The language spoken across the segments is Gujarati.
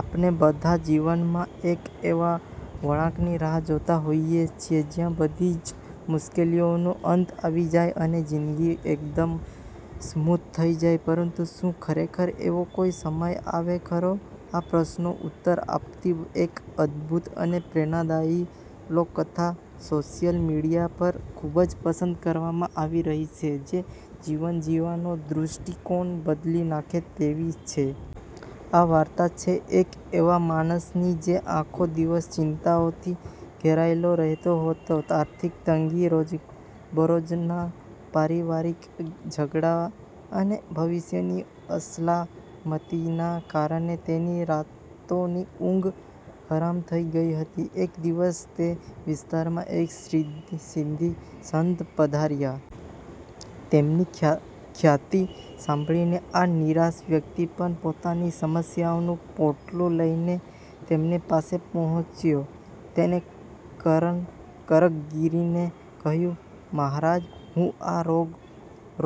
આપણે બધા જીવનમાં એક એવા વળાંકની રાહ જોતા હોઈએ છીએ જ્યાં બધી જ મુશ્કેલીઓનો અંત આવી જાય અને જિંદગી એકદમ સ્મૂધ થઈ જાય. પરંતુ શું ખરેખર એવો કોઈ સમય આવે ખરો? આ પ્રશ્નનો ઉત્તર આપતી એક અદભુત અને પ્રેરણાદાયી લોકકથા સોશિયલ મીડિયા પર ખૂબ પસંદ કરવામાં આવી રહી છે, જે જીવન જીવવાનો દૃષ્ટિકોણ બદલી નાખે તેવી છે. આ વાર્તા છે એક એવા માણસની જે આખો દિવસ ચિંતાઓથી ઘેરાયેલો રહેતો હતો. આર્થિક તંગી, રોજબરોજના પારિવારિક ઝઘડા અને ભવિષ્યની અસલામતીના કારણે તેની રાતોની ઊંઘ હરામ થઈ ગઈ હતી. એક દિવસ તે વિસ્તારમાં એક સિદ્ધ સંત પધાર્યા. તેમની ખ્યાતિ સાંભળીને આ નિરાશ વ્યક્તિ પણ પોતાની સમસ્યાઓનું પોટલું લઈને તેમની પાસે પહોંચ્યો. તેણે કરગરીને કહ્યું, "મહારાજ, હું આ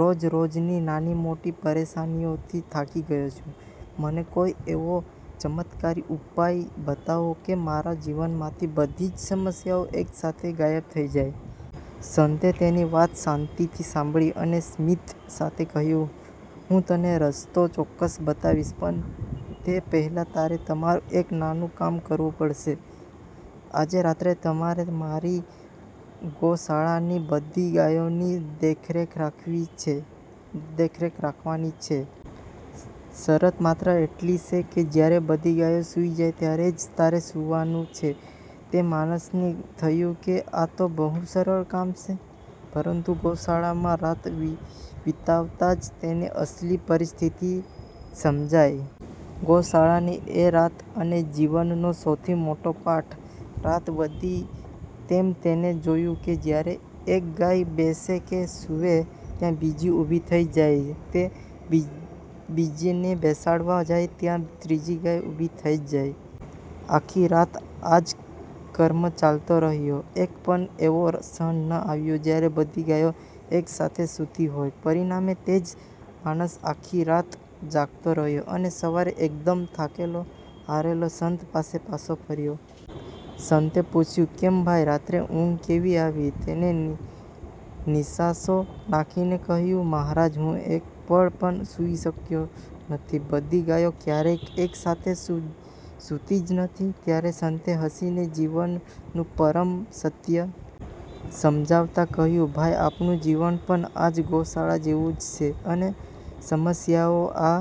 રોજ-રોજની નાની-મોટી પરેશાનીઓથી થાકી ગયો છું. મને કોઈ એવો ચમત્કારી ઉપાય બતાવો કે મારા જીવનમાંથી બધી જ સમસ્યાઓ એકસાથે ગાયબ થઈ જાય!" સંતે તેની વાત શાંતિથી સાંભળી અને સ્મિત સાથે કહ્યું, "હું તને રસ્તો ચોક્કસ બતાવીશ, પણ તે પહેલાં તારે મારું એક નાનું કામ કરવું પડશે. આજે રાત્રે તારે મારી ગૌશાળાની બધી ગાયોની દેખરેખ રાખવાની છે. શરત માત્ર એટલી છે કે જ્યારે બધી ગાયો સૂઈ જાય, ત્યારે જ તારે સૂવાનું છે." તે માણસને થયું કે આ તો બહુ સરળ કામ છે. પરંતુ ગૌશાળામાં રાત વિતાવતા જ તેને અસલી પરિસ્થિતિ સમજાઈ. ગૌશાળાની એ રાત અને જીવનનો સૌથી મોટો પાઠ. રાત વધી તેમ તેણે જોયું કે જ્યારે એક ગાય બેસે કે સૂવે, ત્યાં બીજી ઊભી થઈ જાય. તે બીજીને બેસાડવા જાય ત્યાં ત્રીજી ગાય ઊભી થઈ જાય. આખી રાત આ જ ક્રમ ચાલતો રહ્યો. એક પણ એવો ક્ષણ ન આવ્યો જ્યારે બધી ગાયો એકસાથે સૂતી હોય. પરિણામે, તે માણસ આખી રાત જાગતો રહ્યો અને સવારે એકદમ થાકેલો-હારેલો સંત પાસે પાછો ફર્યો. સંતે પૂછ્યું, "કેમ ભાઈ, રાત્રે ઊંઘ કેવી આવી?" તેણે નિસાસો નાખીને કહ્યું, "મહારાજ, હું એક પળ પણ સૂઈ શક્યો નથી. બધી ગાયો ક્યારેય એકસાથે સૂતી જ નથી!" ત્યારે સંતે હસીને જીવનનું પરમ સત્ય સમજાવતા કહ્યું, "ભાઈ, આપણું જીવન પણ આ ગૌશાળા જેવું જ છે અને સમસ્યાઓ આ